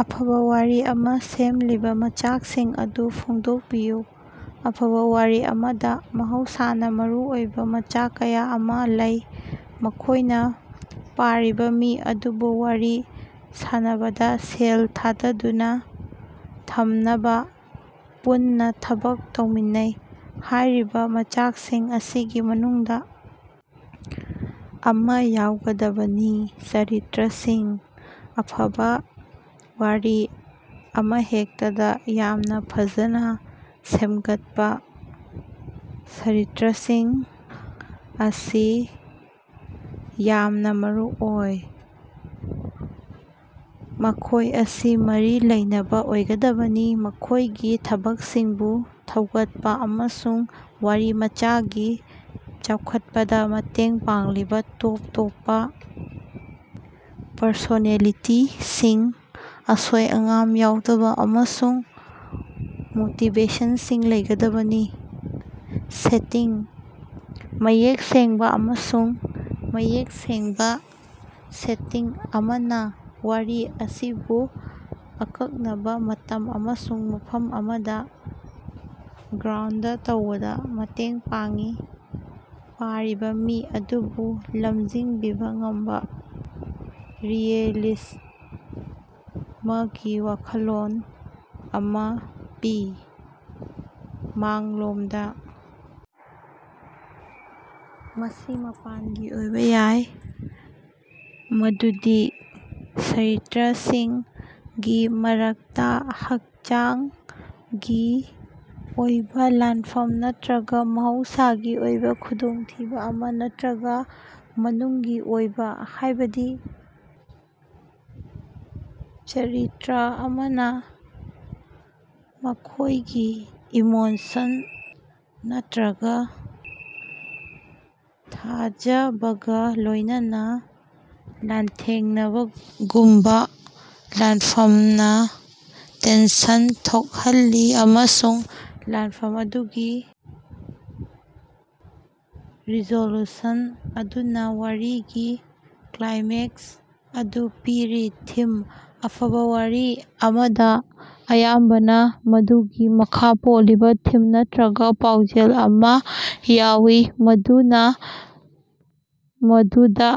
ꯑꯐꯕꯥ ꯋꯥꯔꯤ ꯑꯃꯥ ꯁꯦꯝꯂꯤꯕꯥ ꯃꯆꯥꯛꯁꯤꯡ ꯑꯗꯨ ꯐꯣꯡꯗꯣꯛꯄꯤꯌꯨ꯫ ꯑꯐꯕꯥ ꯋꯥꯔꯤ ꯑꯃꯗꯥ ꯃꯍꯧꯁꯥꯅꯥ ꯃꯔꯨ ꯑꯣꯏꯕꯥ ꯃꯆꯥꯛ ꯀꯌꯥ ꯑꯃꯥ ꯂꯩ꯫ ꯃꯈꯣꯏꯅꯥ ꯄꯥꯔꯤꯕꯥ ꯃꯤ ꯑꯗꯨꯕꯨ ꯋꯥꯔꯤ ꯁꯥꯟꯅꯕꯗꯥ ꯁꯦꯜ ꯊꯥꯗꯗꯨꯅꯥ ꯊꯝꯅꯕꯥ ꯄꯨꯟꯅꯥ ꯊꯕꯛ ꯇꯧꯃꯤꯟꯅꯩ꯫ ꯍꯥꯏꯔꯤꯕꯥ ꯃꯆꯥꯀꯁꯤꯡ ꯑꯁꯤꯒꯤ ꯃꯅꯨꯡꯗꯥ ꯑꯃꯥ ꯌꯥꯎꯒꯗꯕꯅꯤ꯫ ꯆꯔꯤꯇ꯭ꯔꯁꯤꯡ: ꯑꯐꯕꯥ ꯋꯥꯔꯤ ꯑꯃꯍꯦꯛꯇꯗꯥ ꯌꯥꯝꯅꯥ ꯐꯖꯅꯥ ꯁꯦꯝꯒꯠꯄꯥ ꯆꯔꯤꯇ꯭ꯔꯁꯤꯡ ꯑꯁꯤ ꯌꯥꯝꯅꯥ ꯃꯔꯨ ꯑꯣꯏ꯫ ꯃꯈꯣꯏ ꯑꯁꯤ ꯃꯔꯤ ꯂꯩꯅꯕꯥ ꯑꯣꯏꯒꯗꯕꯅꯤ꯫ ꯃꯈꯣꯏꯒꯤ ꯊꯕꯛꯁꯤꯡꯕꯨ ꯊꯧꯒꯠꯄꯥ ꯑꯃꯁꯨꯡ ꯋꯥꯔꯤꯃꯆꯥꯒꯤ ꯆꯥꯎꯈꯠꯄꯗꯥ ꯃꯇꯦꯡ ꯄꯥꯡꯂꯤꯕꯥ ꯇꯣꯞ ꯇꯣꯞꯄꯥ ꯄꯔꯁꯣꯅꯦꯂꯤꯇꯤꯁꯤꯡ, ꯑꯁꯣꯏ-ꯑꯉꯥꯝ ꯌꯥꯎꯗꯕꯥ ꯑꯃꯁꯨꯡ ꯃꯣꯇꯤꯕꯦꯁꯟꯁꯤꯡ ꯂꯩꯒꯗꯕꯅꯤ꯫ ꯁꯦꯇꯤꯡ: ꯃꯌꯦꯛ ꯁꯦꯡꯕꯥ ꯑꯃꯁꯨꯡ ꯃꯌꯦꯛ ꯁꯦꯡꯕꯥ ꯁꯦꯇꯤꯡ ꯑꯃꯅꯥ ꯋꯥꯔꯤ ꯑꯁꯤꯕꯨ ꯑꯀꯛꯅꯕꯥ ꯃꯇꯝ ꯑꯃꯁꯨꯡ ꯃꯐꯝ ꯑꯃꯗꯥ ꯒ꯭ꯔꯥꯎꯟꯗ ꯇꯧꯕꯗꯥ ꯃꯇꯦꯡ ꯄꯥꯡꯏ꯫ ꯄꯥꯔꯤꯕꯥ ꯃꯤ ꯑꯗꯨꯕꯨ ꯂꯝꯖꯤꯡꯕꯤꯕꯥ ꯉꯝꯕꯥ ꯔꯤꯑꯦꯂꯤꯖꯃꯒꯤ ꯋꯥꯈꯜꯂꯣꯟ ꯑꯃꯥ ꯄꯤ꯫ ꯃꯥꯡꯂꯣꯝꯗ. ꯃꯁꯤ ꯃꯄꯥꯟꯒꯤ ꯑꯣꯏꯕꯥ ꯌꯥꯏ, ꯃꯗꯨꯗꯤ ꯆꯔꯤꯇ꯭ꯔꯁꯤꯡꯒꯤ ꯃꯔꯛꯇꯥ ꯍꯛꯆꯥꯡꯒꯤ ꯑꯣꯏꯕꯥ ꯂꯥꯟꯐꯝ ꯅꯠꯇ꯭ꯔꯒꯥ ꯃꯍꯧꯁꯥꯒꯤ ꯑꯣꯏꯕꯥ ꯈꯨꯗꯣꯡꯊꯤꯕꯥ ꯑꯃꯥ ꯅꯠꯇ꯭ꯔꯒꯥ ꯃꯅꯨꯡꯒꯤ ꯑꯣꯏꯕꯥ, ꯍꯥꯏꯕꯗꯤ ꯆꯔꯤꯇ꯭ꯔ ꯑꯃꯅꯥ ꯃꯈꯣꯏꯒꯤ ꯏꯃꯣꯁꯟ ꯅꯠꯇ꯭ꯔꯒꯥ ꯊꯥꯖꯕꯒꯥ ꯂꯣꯏꯅꯅꯥ ꯂꯥꯟꯊꯦꯡꯅꯕꯒꯨꯝꯕꯥ ꯂꯥꯟꯐꯝꯅꯥ ꯇꯦꯟꯁꯟ ꯊꯣꯛꯍꯜꯂꯤ꯫ ꯑꯃꯁꯨꯡ ꯂꯥꯟꯐꯝ ꯑꯗꯨꯒꯤ ꯔꯤꯖꯣꯂꯨꯁꯟ ꯑꯗꯨꯅꯥ ꯋꯥꯔꯤꯒꯤ ꯀ꯭ꯂꯥꯏꯃꯦꯛꯁ ꯑꯗꯨ ꯄꯤꯔꯤ꯫ ꯊꯤꯝ: ꯑꯐꯕꯥ ꯋꯥꯔꯤ ꯑꯃꯗꯥ ꯑꯌꯥꯝꯕꯅꯥ ꯃꯗꯨꯒꯤ ꯃꯈꯥ ꯄꯣꯜꯂꯤꯕꯥ ꯊꯤꯝ ꯅꯠꯇ꯭ꯔꯒꯥ ꯄꯥꯎꯖꯦꯜ ꯑꯃꯥ ꯌꯥꯎꯏ ꯃꯗꯨꯅꯥ ꯃꯗꯨꯗꯥ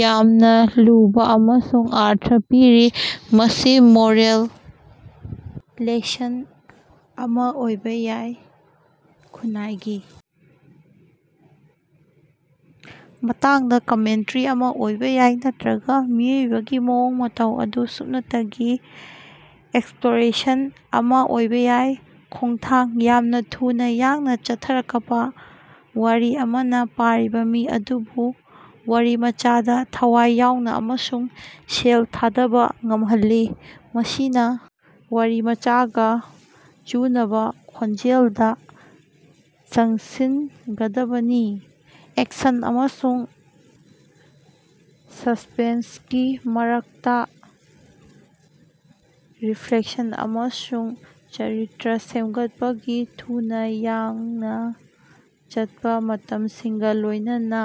ꯌꯥꯝꯅꯥ ꯂꯨꯕꯥ ꯑꯃꯁꯨꯡ ꯑꯔꯊ ꯄꯤꯔꯤ꯫ ꯃꯁꯤ ꯃꯣꯔꯦꯜ ꯂꯦꯁꯟ ꯑꯃꯥ ꯑꯣꯏꯕꯥ ꯌꯥꯏ ꯈꯨꯟꯅꯥꯏꯒꯤ ꯃꯇꯥꯡꯗꯥ ꯀꯃꯦꯟꯇꯔꯤ ꯑꯃꯥ ꯑꯣꯏꯕꯥ ꯌꯥꯏ ꯅꯠꯇ꯭ꯔꯒꯥ ꯃꯤꯑꯣꯏꯕꯒꯤ ꯃꯑꯣꯡ ꯃꯇꯧ ꯑꯗꯨ ꯁꯨꯞꯅꯇꯒꯤ ꯑꯦꯛꯁꯞꯂꯣꯔꯦꯁꯟ ꯑꯃꯥ ꯑꯣꯏꯕꯥ ꯌꯥꯏ꯫ ꯈꯣꯡꯊꯥꯡ: ꯌꯥꯝꯅꯥ ꯊꯨꯅꯥ ꯌꯥꯡꯅꯥ ꯆꯠꯊꯔꯀꯄꯥ ꯋꯥꯔꯤ ꯑꯃꯅꯥ ꯄꯥꯔꯤꯕꯥ ꯃꯤ ꯑꯗꯨꯕꯨ ꯋꯥꯔꯤꯃꯆꯥꯗꯥ ꯊꯋꯥꯏ ꯌꯥꯎꯅꯥ ꯑꯃꯁꯨꯡ ꯁꯦꯜ ꯊꯥꯗꯕꯥ ꯉꯝꯍꯜꯂꯤ꯫ ꯃꯁꯤꯅꯥ ꯋꯥꯔꯤꯃꯆꯥꯒꯥ ꯆꯨꯅꯕꯥ ꯈꯣꯡꯖꯦꯜꯗꯥ ꯆꯪꯁꯤꯟꯒꯗꯕꯅꯤ꯫ ꯑꯦꯛꯁꯟ ꯑꯃꯁꯨꯡ ꯁꯁ꯭ꯄꯦꯟꯁꯀꯤ ꯃꯔꯛꯇꯥ ꯔꯤꯐ꯭ꯂꯦꯛꯁꯟ ꯑꯃꯁꯨꯡ ꯆꯔꯤꯇ꯭ꯔ ꯁꯦꯝꯒꯠꯄꯒꯤ ꯊꯨꯅꯥ ꯌꯥꯡꯅꯥ ꯆꯠꯄꯥ ꯃꯇꯝꯁꯤꯡꯒꯥ ꯂꯣꯏꯅꯅꯥ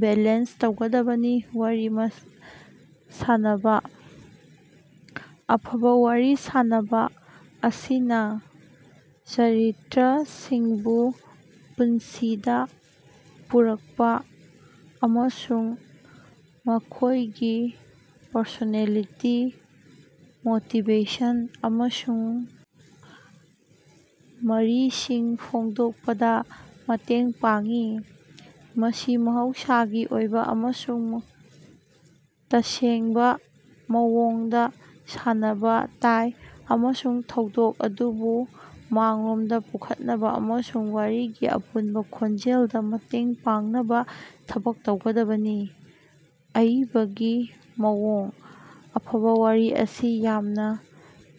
ꯕꯦꯂꯦꯟꯁ ꯇꯧꯒꯗꯕꯅꯤ꯫ ꯋꯥꯔꯤ ꯃꯆꯥ ꯁꯥꯅꯕꯥ: ꯑꯐꯕꯥ ꯋꯥꯔꯤ ꯁꯥꯅꯕꯥ ꯑꯁꯤꯅꯥ ꯆꯔꯤꯇ꯭ꯔꯁꯤꯡꯕꯨ ꯄꯨꯟꯁꯤꯗꯥ ꯄꯨꯔꯛꯄꯥ ꯑꯃꯁꯨꯡ ꯃꯈꯣꯏꯒꯤ ꯄꯔꯁꯣꯅꯦꯂꯤꯇꯤ, ꯃꯣꯇꯤꯕꯦꯁꯟ, ꯑꯃꯁꯨꯡ ꯃꯔꯤꯁꯤꯡ ꯐꯣꯡꯗꯣꯛꯄꯗꯥ ꯃꯇꯦꯡ ꯄꯥꯡꯏ꯫ ꯃꯁꯤ ꯃꯍꯧꯁꯥꯒꯤ ꯑꯣꯏꯕꯥ ꯑꯃꯁꯨꯡ ꯇꯁꯦꯡꯕꯥ ꯃꯑꯣꯡꯗꯥ ꯁꯥꯅꯕꯥ ꯇꯥꯏ꯫ꯑꯃꯁꯨꯡ ꯊꯧꯗꯣꯛ ꯑꯗꯨꯕꯨ ꯃꯥꯡꯂꯣꯝꯗꯥ ꯄꯨꯈꯠꯅꯕꯥ ꯑꯃꯁꯨꯡ ꯋꯥꯔꯤꯒꯤ ꯑꯄꯨꯟꯕꯥ ꯈꯣꯟꯖꯦꯜꯗꯥ ꯃꯇꯦꯡ ꯄꯥꯡꯅꯕꯥ ꯊꯕꯛ ꯇꯧꯒꯗꯕꯅꯤ꯫ ꯑꯏꯕꯒꯤ ꯃꯑꯣꯡ: ꯑꯐꯕꯥ ꯋꯥꯔꯤ ꯑꯁꯤ ꯌꯥꯝꯅꯥ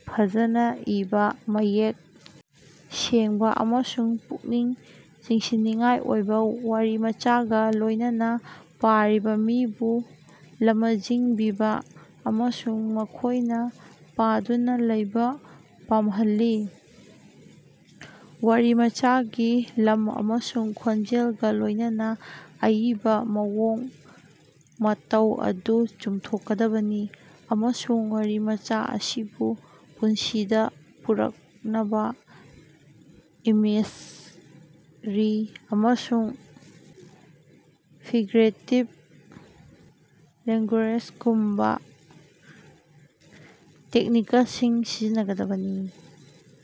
ꯐꯖꯅꯥ ꯏꯕꯥ, ꯃꯌꯦꯛ ꯁꯦꯡꯕꯥ ꯑꯃꯁꯨꯡ ꯄꯨꯛꯅꯤꯡ ꯆꯤꯡꯁꯤꯟꯅꯤꯡꯉꯥꯏ ꯑꯣꯏꯕꯥ ꯋꯥꯔꯤꯃꯆꯥꯒꯥ ꯂꯣꯏꯅꯅꯥ ꯄꯥꯔꯤꯕꯥ ꯃꯤꯕꯨ ꯂꯃꯖꯤꯡꯕꯤꯕꯥ ꯑꯃꯁꯨꯡ ꯃꯈꯣꯏꯅꯥ ꯄꯥꯗꯨꯅꯥ ꯂꯩꯕꯥ ꯄꯥꯝꯍꯜꯂꯤ꯫ ꯋꯥꯔꯤꯃꯆꯥꯒꯤ ꯂꯝ ꯑꯃꯁꯨꯡ ꯈꯣꯟꯖꯦꯜꯒꯥ ꯂꯣꯏꯅꯅꯥ ꯑꯏꯕꯥ ꯃꯑꯣꯡ ꯃꯇꯧ ꯑꯗꯨ ꯆꯨꯝꯊꯣꯛꯀꯗꯕꯅꯤ꯫ ꯑꯃꯁꯨꯡ ꯋꯥꯔꯤꯃꯆꯥ ꯑꯁꯤꯕꯨ ꯄꯨꯟꯁꯤꯗꯥ ꯄꯨꯔꯛꯅꯕꯥ ꯏꯃꯦꯖꯔꯤ ꯑꯃꯁꯨꯡ ꯐꯤꯒꯔꯦꯇꯤꯕ ꯂꯦꯉ꯭ꯒꯨꯌꯦꯖꯒꯨꯝꯕꯥ ꯇꯦꯛꯅꯤꯀꯁꯤꯡ ꯁꯤꯖꯤꯟꯅꯒꯗꯕꯅꯤ꯫